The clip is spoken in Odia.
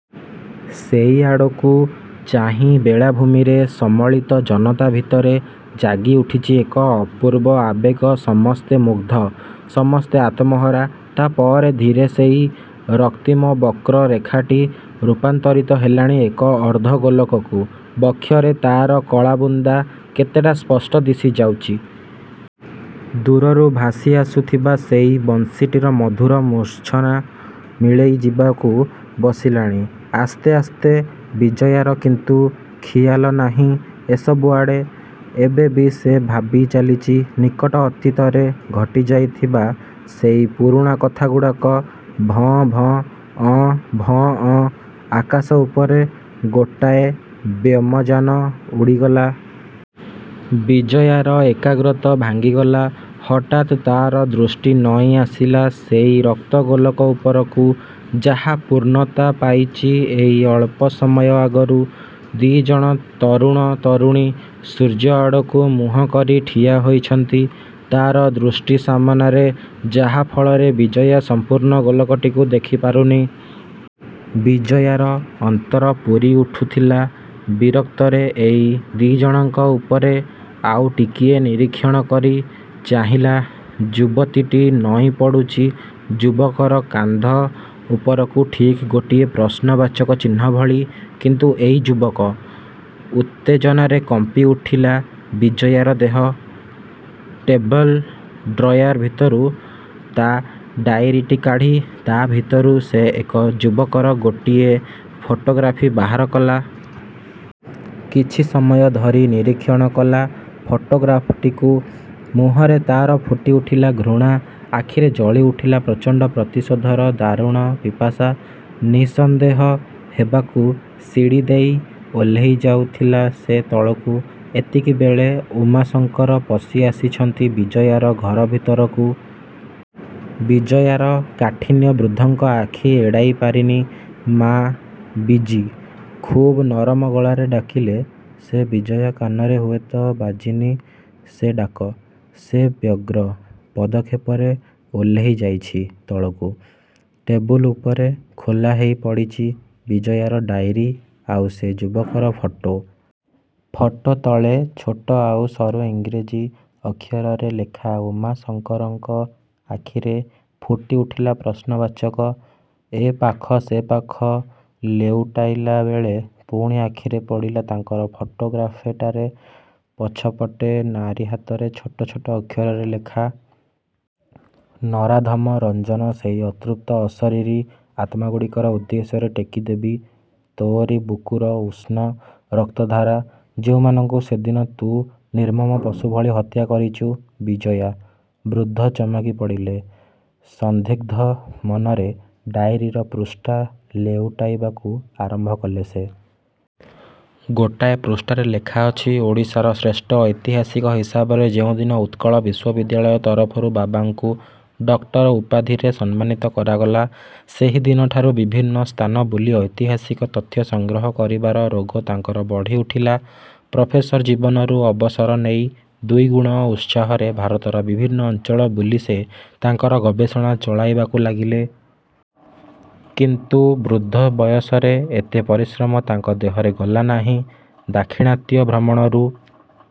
ସେଇଆଡ଼କୁ ଚାହିଁ ବେଳାଭୂମିରେ ସମଳିତ ଜନତା ଭିତରେ ଜାଗି ଉଠିଛି ଏକ ଅପୂର୍ବ ଆବେଗ ସମସ୍ତେ ମୁଗ୍ଧ। ସମସ୍ତେ ଆତ୍ମହରା। ତା' ପରେ…। ଧୀରେ ସେଇ ରକ୍ତିମ ବକ୍ର ରେଖାଟି ରୂପାନ୍ତରୀତ ହେଲାଣି ଏକ ଅର୍ଦ୍ଧ ଗୋଲକକୁ। ବକ୍ଷରେ ତା'ର କଳାବୁନ୍ଦା କେତେଟା ସ୍ପଷ୍ଟ ଦିଶି ଯାଉଚି। ଦୂରରୁ ଭାଷି ଆସୁଥିବା ସେଇ ବଂଶୀଟିର ମଧୁର ମୂର୍ଚ୍ଛନା ମିଳେଇ ଯିବାକୁ ବସିଲାଣି ଆସ୍ତେ ଆସ୍ତେ। ବିଜୟାର କିନ୍ତୁ ଖିଆଲ ନାଇଁ ଏସବୁ ଆଡ଼େ। ଏବେ ବି ସେ ଭାବି ଚାଲିଚି ନିକଟ ଅତୀତରେ ଘଟିଯାଇଥିବା ସେଇ ପୁରୁଣାକଥାଗୁଡ଼ାକୁ। ଭଁ, ଭଁ ଅଁ, ଭଁ ଅଁ… ଆକାଶ ଉପରେ ଗୋଟାଏ ବ୍ୟେମଯାନ ଉଡ଼ିଗଲା। ବିଜୟାର ଏକାଗ୍ରତ ଭାଙ୍ଗିଗଲା। ହଠାତ୍ ତା'ର ଦୃଷ୍ଟି ନଇଁ ଆସିଲା ସେଇ ରକ୍ତ ଗୋଲକ ଉପରକୁ। ଯାହା ପୂର୍ଣ୍ଣତା ପାଇଚି ଏଇ ଅଳ୍ପ ସମୟ ଆଗରୁ। ଦି'ଜଣ ତରୁଣ ତରୁଣୀ ସୂର୍ଯ୍ୟଆଡ଼କୁ ମୁହଁ କରି ଠିଆ ହୋଇଛନ୍ତି ତା'ର ଦୃଷ୍ଟି ସାମନାରେ। ଯାହା ଫଳରେ ବିଜୟା ସଂପୂର୍ଣ୍ଣ ଗୋଲକଟିକୁ ଦେଖି ପାରୁନି। ବିଜୟାର ଅନ୍ତର ପୁରି ଉଠୁଥିଲା—ବିରକ୍ତରେ ଏଇ ଦି'ଜଣଙ୍କ ଉପରେ। ଆଉ ଟିକିଏ ନିରୀକ୍ଷଣ କରି ଚାହିଁଲା। ଯୁବତୀଟି ନଇଁ ପଡ଼ୁଚି ଯୁବକର କାନ୍ଧ ଉପରକୁ ଠିକ୍ ଗୋଟିଏ ପ୍ରଶ୍ନ ବାଚକଚିହ୍ନ ଭଳି। କିନ୍ତୁ ଏଇ ଯୁବକ…..। ଉତ୍ତେଜନାରେ କମ୍ପି ଉଠିଲା, ବିଜୟାର ଦେହ। ଟେବ୍ଲ ଡ୍ରୟାର ଭିତରୁ ତା' ଡାଇରିଟି କାଢ଼ି ତା'ଭିତରୁ ସେ ଏକ ଯୁବକର ଗୋଟିଏ ଫଟୋଗ୍ରାଫ ବାହାର କଲା। କିଛିସମୟ ଧରି ନିରୀକ୍ଷଣ କଲା ଫଟୋଗ୍ରାଫଟିକୁ। ମୁହଁରେ ତା'ର ଫୁଟି ଉଠିଲା ଘୃଣା। ଆଖିରେ ଜଳି ଉଠିଲା ପ୍ରଚଣ୍ତ ପ୍ରତିଶୋଧର ଦାରୁଣ ପିପାସା। ନିଃସନ୍ଦେହ ହେବାକୁ ସିଡ଼ି ଦେଇ ଓହ୍ଲେଇ ଯାଉଥିଲା ସେ ତଳକୁ, ଏତିକି ବେଳେ ଉମାଶଙ୍କର ପଶି ଆସିଛନ୍ତି ବିଜୟାର ଘର ଭିତରକୁ। ବିଜୟାର କାଠିନ୍ୟ ବୃଦ୍ଧଙ୍କ ଆଖି ଏଡ଼ାଇ ପାରିନି। "ମା, ବିଜୀ! '' ଖୁବ୍ ନରମ ଗଳାରେ ଡାକିଲେ ସେ। ବିଜୟା କାନରେ ହୁଏତ ବାଜି ନି ସେ ଡାକ। ସେ ବ୍ୟଗ୍ର, ପଦକ୍ଷେପରେ ଓହ୍ଲେଇ ଯାଇଛି ତଳକୁ। ଟେବୁଲ୍ ଉପରେ ଖୋଲା ହେଇ ପଡ଼ିଚି ବିଜିୟାର ଡାଇରୀ ଆଉ ସେଇ ଯୁବକର ଫଟୋ। ଫଟୋ ତଳେ ଛୋଟ ଆଉ ସରୁ ଇଂରେଜୀ ଅକ୍ଷରରେ ଲେଖା— ''" ଉମାଶଙ୍କରଙ୍କ ଆଖିରେ ଫୁଟି ଉଠିଲା ପ୍ରଶ୍ନବାଚକ। ଏ ପାଖ ସେପାଖ ଲେଉଟାଇଲା ବେଳେ ପୁଣି ଆଖିରେ ପଡ଼ିଲା ତାଙ୍କର ଫଟୋ ଗ୍ରାଫେ୍ଟାରେ ପଛ ପଟେ ନାରୀ ହାତରେ ଛୋଟ ଛୋଟ ଅକ୍ଷରରେ ଲେଖା। "ନରାଧମ ରଞ୍ଜନ, ସେଇ ଅତୃପ୍ତ, ଅଶରିରୀ ଆତ୍ମାଗୁଡ଼ିକର ଉଦ୍ଦେଶ୍ୟରେ ଟେକି ଦେବି ତୋ'ରି ବୁକୁର ଉଷ୍ଣ ରକ୍ତ ଧାରା, ଯେଉଁମାନଙ୍କୁ ସେଦିନ ତୁ ନିର୍ମ୍ମମ ପଶୁ ଭଳି ହତ୍ୟା କରିଚୁ। ବିଜୟା। '' ବୃଦ୍ଧ ଚମକି ପଡ଼ିଲେ। ସନ୍ଦିଗ୍ଧ ମନରେ ଡାଇରୀର ପୃଷ୍ଠା ଲେଉଟାଇବାକୁ ଆରମ୍ଭ କଲେ ସେ। ଗୋଟାଏ ପୃଷ୍ଠାରେ ଲେଖା ଅଛି। "ଓଡ଼ିଶାର ଶ୍ରେଷ୍ଠ ଐତିହାସିକ ହିସାବରେ ଯେଉଁଦିନ ଉତ୍କଳ ବିଶ୍ଵବିଦ୍ୟାଳୟ ତରଫରୁ ବାବାଙ୍କୁ ଡକ୍ଟର ଉପାଧିରେ ସମ୍ମାନିତ କରାଗଲା, ସେହି ଦିନଠାରୁ ବିଭିନ୍ନ ସ୍ଥାନ ବୁଲି ଐତିହାସିକ ତଥ୍ୟ ସଂଗ୍ରହ କରିବାର ରୋଗ ତାଙ୍କର ବଢ଼ି ଉଠିଲା। ପ୍ରଫେସର ଜୀବନରୁ ଅବସର ନେଇ, ଦ୍ଵିଗୁଣ ଉତ୍ସାହରେ ଭାରତର ବିଭିନ୍ନ ଅଞ୍ଚଳ ବୁଲି ସେ ତାଙ୍କର ଗବେଷଣା ଚଳାଇବାକୁ ଲାଗିଲେ। କିନ୍ତୁ ବୃଦ୍ଧ ବୟସରେ ଏତେ ପରିଶ୍ରମ ତାଙ୍କ ଦେହରେ ଗଲା ନାହିଁ। ଦାକ୍ଷିଣାତ୍ୟ ଭ୍ରମଣରୁ